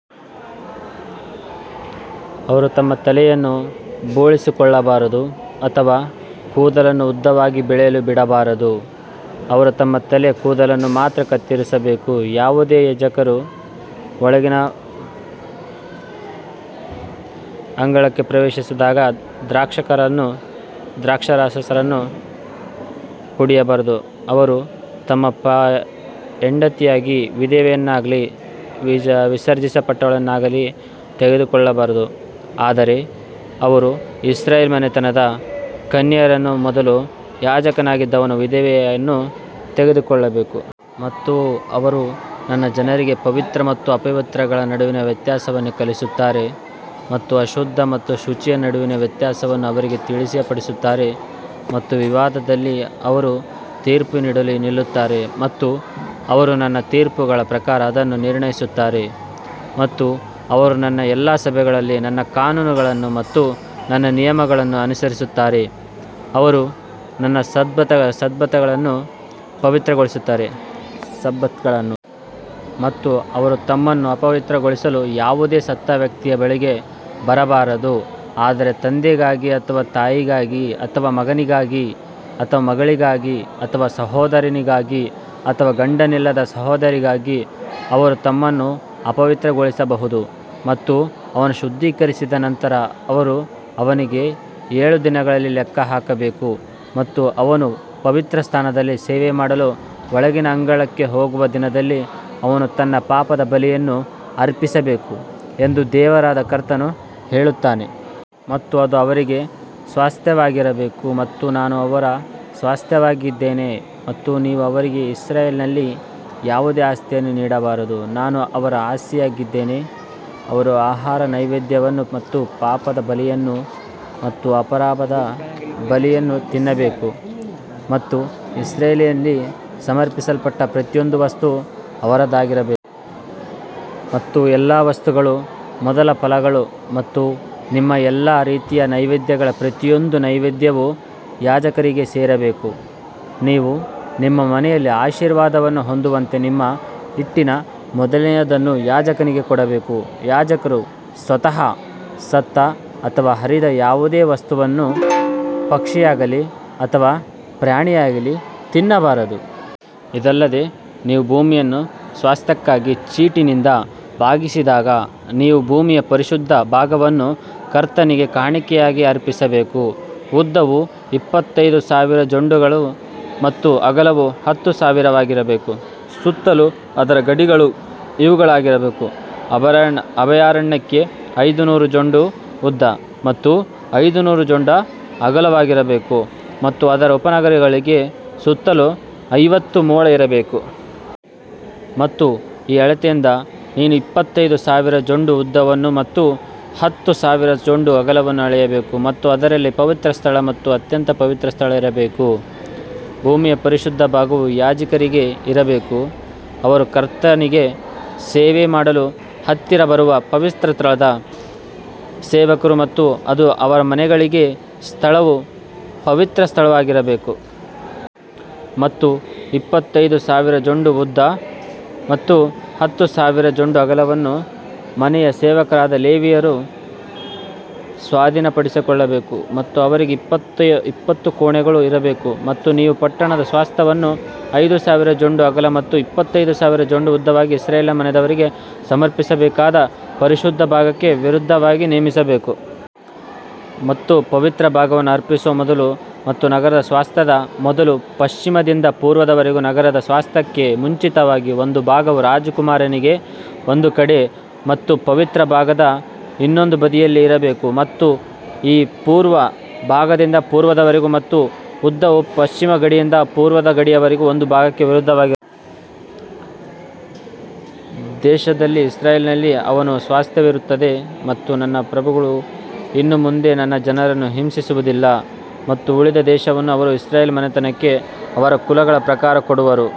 ಅವರು ತಮ್ಮ ತಲೆಯನ್ನು ಬೋಳಿಸಿಕೊಳ್ಳಬಾರದು ಅಥವಾ ಕೂದಲನ್ನು ಉದ್ದವಾಗಿ ಬೆಳೆಯಲು ಬಿಡಬಾರದು, ಅವರು ತಮ್ಮ ತಲೆಯ ಕೂದಲನ್ನು ಮಾತ್ರ ಕತ್ತರಿಸಬೇಕು. ಯಾವುದೇ ಯಾಜಕರು ಒಳಗಿನ ಅಂಗಳಕ್ಕೆ ಪ್ರವೇಶಿಸಿದಾಗ ದ್ರಾಕ್ಷಾರಸವನ್ನು ಕುಡಿಯಬಾರದು. ಅವರು ತಮ್ಮ ಹೆಂಡತಿಯಾಗಿ ವಿಧವೆಯನ್ನಾಗಲಿ ವಿಸರ್ಜಿಸಲ್ಪಟ್ಟವಳನ್ನಾಗಲಿ ತೆಗೆದುಕೊಳ್ಳಬಾರದು, ಆದರೆ ಅವರು ಇಸ್ರಾಯೇಲ್ ಮನೆತನದ ಕನ್ಯೆಯರನ್ನು ಅಥವಾ ಮೊದಲು ಯಾಜಕನಾಗಿದ್ದವನ ವಿಧವೆಯನ್ನು ತೆಗೆದುಕೊಳ್ಳಬೇಕು. ಮತ್ತು ಅವರು ನನ್ನ ಜನರಿಗೆ ಪವಿತ್ರ ಮತ್ತು ಅಪವಿತ್ರಗಳ ನಡುವಿನ ವ್ಯತ್ಯಾಸವನ್ನು ಕಲಿಸುತ್ತಾರೆ ಮತ್ತು ಅಶುದ್ಧ ಮತ್ತು ಶುಚಿಯ ನಡುವಿನ ವ್ಯತ್ಯಾಸವನ್ನು ಅವರಿಗೆ ತಿಳಿಯಪಡಿಸುತ್ತಾರೆ. ಮತ್ತು ವಿವಾದದಲ್ಲಿ ಅವರು ತೀರ್ಪು ನೀಡಲು ನಿಲ್ಲುತ್ತಾರೆ ಮತ್ತು ಅವರು ನನ್ನ ತೀರ್ಪುಗಳ ಪ್ರಕಾರ ಅದನ್ನು ನಿರ್ಣಯಿಸುತ್ತಾರೆ ಮತ್ತು ಅವರು ನನ್ನ ಎಲ್ಲಾ ಸಭೆಗಳಲ್ಲಿ ನನ್ನ ಕಾನೂನುಗಳನ್ನು ಮತ್ತು ನನ್ನ ನಿಯಮಗಳನ್ನು ಅನುಸರಿಸುತ್ತಾರೆ ಮತ್ತು ಅವರು ನನ್ನ ಸಬ್ಬತ್ಗಳನ್ನು ಪವಿತ್ರಗೊಳಿಸುತ್ತಾರೆ. ಮತ್ತು ಅವರು ತಮ್ಮನ್ನು ಅಪವಿತ್ರಗೊಳಿಸಲು ಯಾವುದೇ ಸತ್ತ ವ್ಯಕ್ತಿಯ ಬಳಿಗೆ ಬರಬಾರದು, ಆದರೆ ತಂದೆಗಾಗಿ ಅಥವಾ ತಾಯಿಗಾಗಿ ಅಥವಾ ಮಗನಿಗಾಗಿ ಅಥವಾ ಮಗಳಿಗಾಗಿ ಅಥವಾ ಸಹೋದರನಿಗಾಗಿ ಅಥವಾ ಗಂಡನಿಲ್ಲದ ಸಹೋದರಿಗಾಗಿ ಅವರು ತಮ್ಮನ್ನು ಅಪವಿತ್ರಗೊಳಿಸಬಹುದು. ಮತ್ತು ಅವನು ಶುದ್ಧೀಕರಿಸಿದ ನಂತರ ಅವರು ಅವನಿಗಾಗಿ ಏಳು ದಿನಗಳನ್ನು ಲೆಕ್ಕಹಾಕಬೇಕು ಮತ್ತು ಅವನು ಪವಿತ್ರಸ್ಥಾನದಲ್ಲಿ ಸೇವೆಮಾಡಲು ಒಳಗಿನ ಅಂಗಳಕ್ಕೆ ಹೋಗುವ ದಿನದಲ್ಲಿ ಅವನು ತನ್ನ ಪಾಪದ ಬಲಿಯನ್ನು ಅರ್ಪಿಸಬೇಕು ಎಂದು ದೇವರಾದ ಕರ್ತನು ಹೇಳುತ್ತಾನೆ. ಮತ್ತು ಅದು ಅವರಿಗೆ ಸ್ವಾಸ್ತ್ಯವಾಗಿರಬೇಕು ಮತ್ತು ನಾನು ಅವರ ಸ್ವಾಸ್ತ್ಯವಾಗಿದ್ದೇನೆ ಮತ್ತು ನೀವು ಅವರಿಗೆ ಇಸ್ರಾಯೇಲಿನಲ್ಲಿ ಯಾವುದೇ ಆಸ್ತಿಯನ್ನು ನೀಡಬಾರದು, ನಾನು ಅವರ ಆಸ್ತಿಯಾಗಿದ್ದೇನೆ. ಅವರು ಆಹಾರ ನೈವೇದ್ಯವನ್ನು ಮತ್ತು ಪಾಪದ ಬಲಿಯನ್ನು ಮತ್ತು ಅಪರಾಧದ ಬಲಿಯನ್ನು ತಿನ್ನಬೇಕು ಮತ್ತು ಇಸ್ರಾಯೇಲಿನಲ್ಲಿ ಸಮರ್ಪಿಸಲ್ಪಟ್ಟ ಪ್ರತಿಯೊಂದು ವಸ್ತುವೂ ಅವರದಾಗಿರಬೇಕು. ಮತ್ತು ಎಲ್ಲಾ ವಸ್ತುಗಳ ಮೊದಲ ಫಲಗಳು ಮತ್ತು ನಿಮ್ಮ ಎಲ್ಲಾ ರೀತಿಯ ನೈವೇದ್ಯಗಳ ಪ್ರತಿಯೊಂದು ನೈವೇದ್ಯವೂ ಯಾಜಕರಿಗೆ ಸೇರಬೇಕು, ನೀವು ನಿಮ್ಮ ಮನೆಯಲ್ಲಿ ಆಶೀರ್ವಾದವನ್ನು ಹೊಂದುವಂತೆ ನಿಮ್ಮ ಹಿಟ್ಟಿನ ಮೊದಲನೆಯದನ್ನು ಯಾಜಕನಿಗೆ ಕೊಡಬೇಕು. ಯಾಜಕರು ಸ್ವತಃ ಸತ್ತ ಅಥವಾ ಹರಿದ ಯಾವುದೇ ವಸ್ತುವನ್ನು, ಪಕ್ಷಿಯಾಗಲಿ ಅಥವಾ ಪ್ರಾಣಿಯಾಗಲಿ, ತಿನ್ನಬಾರದು. ಇದಲ್ಲದೆ ನೀವು ಭೂಮಿಯನ್ನು ಸ್ವಾಸ್ತ್ಯಕ್ಕಾಗಿ ಚೀಟಿನಿಂದ ಭಾಗಿಸಿದಾಗ ನೀವು ಭೂಮಿಯ ಪರಿಶುದ್ಧ ಭಾಗವನ್ನು ಕರ್ತನಿಗೆ ಕಾಣಿಕೆಯಾಗಿ ಅರ್ಪಿಸಬೇಕು, ಉದ್ದವು ಇಪ್ಪತ್ತೈದು ಸಾವಿರ ಜೊಂಡುಗಳು ಮತ್ತು ಅಗಲವು ಹತ್ತು ಸಾವಿರವಾಗಿರಬೇಕು. ಸುತ್ತಲೂ ಅದರ ಗಡಿಗಳು ಇವುಗಳಾಗಿರಬೇಕು, ಅಭಯಾರಣ್ಯಕ್ಕೆ ಐದು ನೂರು ಜೊಂಡು ಉದ್ದ ಮತ್ತು ಐದು ನೂರು ಜೊಂಡು ಅಗಲವಾಗಿರಬೇಕು ಮತ್ತು ಅದರ ಉಪನಗರಗಳಿಗೆ ಸುತ್ತಲೂ ಐವತ್ತು ಮೊಳ ಇರಬೇಕು. ಮತ್ತು ಈ ಅಳತೆಯಿಂದ ನೀನು ಇಪ್ಪತ್ತೈದು ಸಾವಿರ ಜೊಂಡು ಉದ್ದವನ್ನು ಮತ್ತು ಹತ್ತು ಸಾವಿರ ಜೊಂಡು ಅಗಲವನ್ನು ಅಳೆಯಬೇಕು ಮತ್ತು ಅದರಲ್ಲಿ ಪವಿತ್ರಸ್ಥಳ ಮತ್ತು ಅತ್ಯಂತ ಪವಿತ್ರ ಸ್ಥಳ ಇರಬೇಕು. ಭೂಮಿಯ ಪರಿಶುದ್ಧ ಭಾಗವು ಯಾಜಕರಿಗೆ ಇರಬೇಕು, ಅವರು ಕರ್ತನಿಗೆ ಸೇವೆ ಮಾಡಲು ಹತ್ತಿರ ಬರುವ ಪವಿತ್ರಸ್ಥಳದ ಸೇವಕರು ಮತ್ತು ಅದು ಅವರ ಮನೆಗಳಿಗೆ ಸ್ಥಳವೂ ಪವಿತ್ರ ಸ್ಥಳವೂ ಆಗಿರಬೇಕು. ಮತ್ತು ಇಪ್ಪತ್ತೈದು ಸಾವಿರ ಜೊಂಡು ಉದ್ದ ಮತ್ತು ಹತ್ತು ಸಾವಿರ ಜೊಂಡು ಅಗಲವನ್ನು ಮನೆಯ ಸೇವಕರಾದ ಲೇವಿಯರು ಸ್ವಾಧೀನಪಡಿಸಿಕೊಳ್ಳಬೇಕು ಮತ್ತು ಅವರಿಗೆ ಇಪ್ಪತ್ತು ಕೋಣೆಗಳು ಇರಬೇಕು. ಮತ್ತು ನೀವು ಪಟ್ಟಣದ ಸ್ವಾಸ್ತ್ಯವನ್ನು ಐದು ಸಾವಿರ ಜೊಂಡು ಅಗಲ ಮತ್ತು ಇಪ್ಪತ್ತೈದು ಸಾವಿರ ಜೊಂಡು ಉದ್ದವಾಗಿ, ಇಸ್ರಾಯೇಲ್ ಮನೆತನದವರಿಗೆ ಸಮರ್ಪಿಸಬೇಕಾದ ಪರಿಶುದ್ಧ ಭಾಗಕ್ಕೆ ವಿರುದ್ಧವಾಗಿ ನೇಮಿಸಬೇಕು. ಮತ್ತು ಪವಿತ್ರ ಭಾಗವನ್ನು ಅರ್ಪಿಸುವ ಮೊದಲು ಮತ್ತು ನಗರದ ಸ್ವಾಸ್ತ್ಯದ ಮೊದಲು, ಪಶ್ಚಿಮದಿಂದ ಪೂರ್ವದವರೆಗೆ ನಗರದ ಸ್ವಾಸ್ತ್ಯಕ್ಕೆ ಮುಂಚಿತವಾಗಿ ಒಂದು ಭಾಗವು ರಾಜಕುಮಾರನಿಗೆ ಒಂದು ಕಡೆ ಮತ್ತು ಪವಿತ್ರ ಭಾಗದ ಇನ್ನೊಂದು ಬದಿಯಲ್ಲಿ ಇರಬೇಕು. ಮತ್ತು ಪೂರ್ವ ಭಾಗದಿಂದ ಪೂರ್ವದವರೆಗೆ ಮತ್ತು ಉದ್ದವು ಪಶ್ಚಿಮ ಗಡಿಯಿಂದ ಪೂರ್ವದ ಗಡಿಯವರೆಗೆ ಒಂದು ಭಾಗಕ್ಕೆ ವಿರುದ್ಧವಾಗಿರಬೇಕು. ದೇಶದಲ್ಲಿ ಇಸ್ರಾಯೇಲಿನಲ್ಲಿ ಅವನ ಸ್ವಾಸ್ತ್ಯವಿರುತ್ತದೆ ಮತ್ತು ನನ್ನ ಪ್ರಭುಗಳು ಇನ್ನು ಮುಂದೆ ನನ್ನ ಜನರನ್ನು ಹಿಂಸಿಸುವುದಿಲ್ಲ ಮತ್ತು ಉಳಿದ ದೇಶವನ್ನು ಅವರು ಇಸ್ರಾಯೇಲ್ ಮನೆತನಕ್ಕೆ ಅವರ ಕುಲಗಳ ಪ್ರಕಾರ ಕೊಡುವರು.